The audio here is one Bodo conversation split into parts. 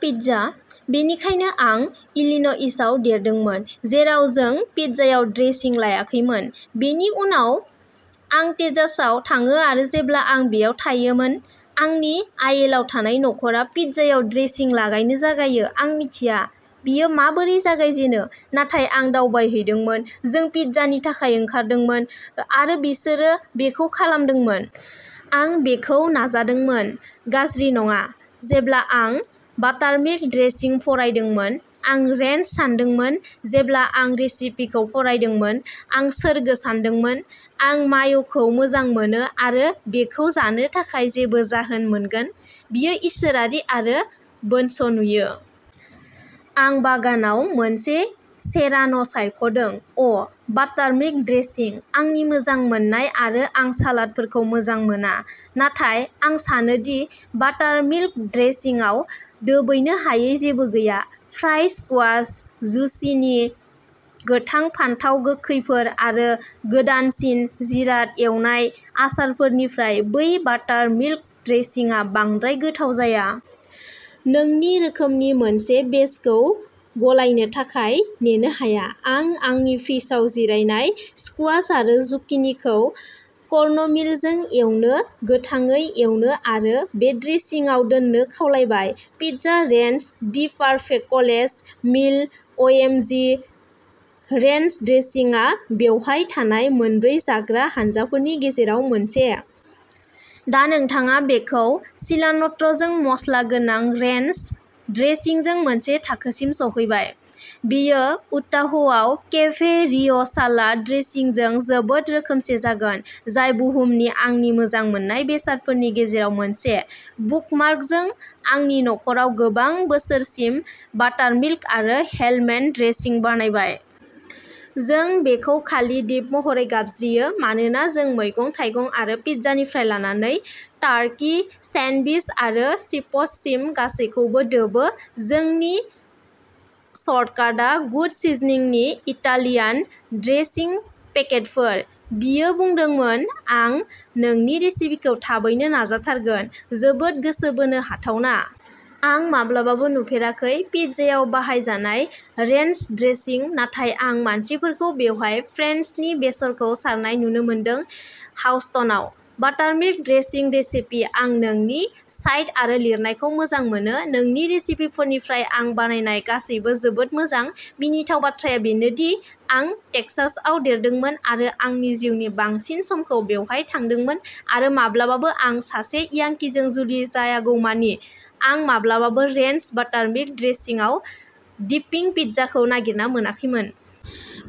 पिज्जा बेनिखायनो आं इलिन'इसआव देरदोंमोन जेराव जों पिज्जायाव ड्रेसिं लायाखैमोन। बेनि उनाव आं टेक्सासआव थाङो आरो जेब्ला आं बेयाव थायोमोन आंनि आइएलआव थानाय नखरा पिज्जायाव ड्रेसिं लागायनो जागायो। आं मिथिया बेयो माबोरै जागायजेनो नाथाय आं दावबायहैदोंमोन जों पिज्जानि थाखाय ओंखारदोंमोन आरो बिसोरो बेखौ खालामदोंमोन। आं बेखौ नाजादोंमोन गाज्रि नङा। जेब्ला आं बाटारमिल्क ड्रेसिं फरायदोंमोन, आं रेन्च सानदोंमोन। जेब्ला आं बे रेसिपिखौ फरायदोंमोन आं सोरगो सानदोंमोन। आं माय'खौ मोजां मोनो आरो बेखौ जानो थाखाय जेबो जाहोन मोनगोन। बेयो इसोरारि आरो बोनस नुयो। आं बागानाव मोनसे सेरान'सायख'दों। अ बाटारमिल्क ड्रेसिं आंनि मोजां मोनजानाय आरो आं सालादफोरखौ मोजां मोना। नाथाय आं सानो दि बाटारमिल्क ड्रेसिंआव दोबैनो हायै जेबो गैया, फ्राइड स्कुवाश जुचिनी गोथां फानथाव गोखैफोर आरो गोदानसिन जिराद एवनाय आसारफोरनिफ्राय बै बाटारमिल्क ड्रेसिंआ बांद्राय गोथाव जाया। नोंनि रोखोमनि मोनसे बेचखौ गलायनो थाखाय नेनो हाया। आं आंनि फ्रिजआव जिरायनाय स्कुवाश आरो जुकिनिखौ कर्नमीलजों एवनो, गोथाङै एवनो आरो बे ड्रेसिंआव दोन्नो खावलायबाय। Pizza ranch the perfect college meal अएमजि। Ranch ड्रेसिंआ बेवहाय थानाय मोनब्रै जाग्रा हानजाफोरनि गेजेराव मोनसे। दा नोंथाङा बेखौ सिलान्ट्र'जों मस्ला गोनां रेन्च ड्रेसिंजों मोनसे थाखोसिम सौहैबाय। बेयो उटाहआव केफे रिय'सालाद ड्रेसिंजों जोबोद रोखोमसे जागोन, जाय बुहुमनि आंनि मोजां मोनजानाय बेसादफोरनि गेजेराव मोनसे। बुकमार्क जों आंनि नख'राव गोबां बोसोरसिम बाटारमिल्क आरो हेलमेन ड्रेसिं बानायबाय। जों बेखौ खालि "डिप" महरै गाबज्रियो मानोना जों मैगं-थाइगं आरो पिज्जानिफ्राय लानानै टार्कि सेन्डविच आरो चिप्ससिम गासैबोखौ दोबो। जोंनि शर्टकाटआ गुड सिजनिंनि इटालियान ड्रेसिं पेकेटफोर। बियो बुंदोंमोन, आं नोंनि रेसिपिखौ थाबैनो नाजाथारगोन जोबोद गोसो बोनो हाथावना। आं माब्लाबाबो नुफेराखै। पिज्जायाव बाहायजानाय रेन्च ड्रेसिं, नाथाय आं मानसिफोरखौ बेयाव फ्रेन्सनि बेसरखौ सारनाय नुनो मोनदों हाउस्टनआव बाटारमिल्क ड्रेसिं रेसिपि। आं नोंनि साइट आरो लिरनायखौ मोजां मोनो नोंनि रेसिपिफोरनिफ्राय आं बानायनाय गासैबो जोबोद मोजां मिनिथाव बाथ्राया बेनो दि आं टेक्सासआव देरदोंमोन। आरो आंनि जिउनि बांसिन समखौ बेवहाय थादोंमोन आरो माब्लाबाबो आं सासे यांकीजों जुलि जायागौमानि आं माब्लाबाबो रेन्च बाटारमिल्क ड्रेसिंआव डिपिं पिज्जाखौ नागिरना मोनाखैमोन।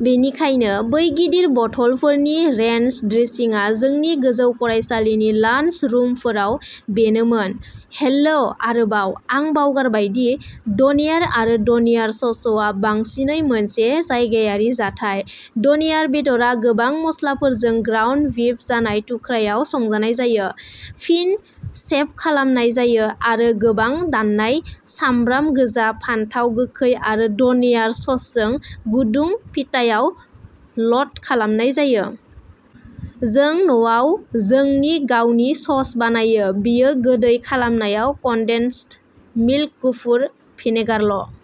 बेनिखायनो बै गिदिर बथलफोरनि रेन्च ड्रेसिंआ जोंनि गोजौ फरायसालिनि लान्सरुमफोराव बेनोमोन। हेलो आरोबाव आं बावगारबाय दि डनेयार आरो डनेयार ससआ बांसिनै मोनसे जायगायारि जाथाय। डनेयार बेदरआ गोबां मस्लाफोरजों ग्राउन्ड बीफ जाय थुख्रायाव संनायजानाय जायो, फिन शेभ खालामनाय जायो आरो गोबां दाननाय सामब्राम गोजा ,फानथाव गोखै आरो डनेयार ससजों गुदुं पिटायाव ल'ड खालामनाय जायो। जों न'आव जोंनि गावनि सस बानायो बेयो गोदै खालामनाय कन्डेन्सड मिल्क, गुफुर भिनेगारल'।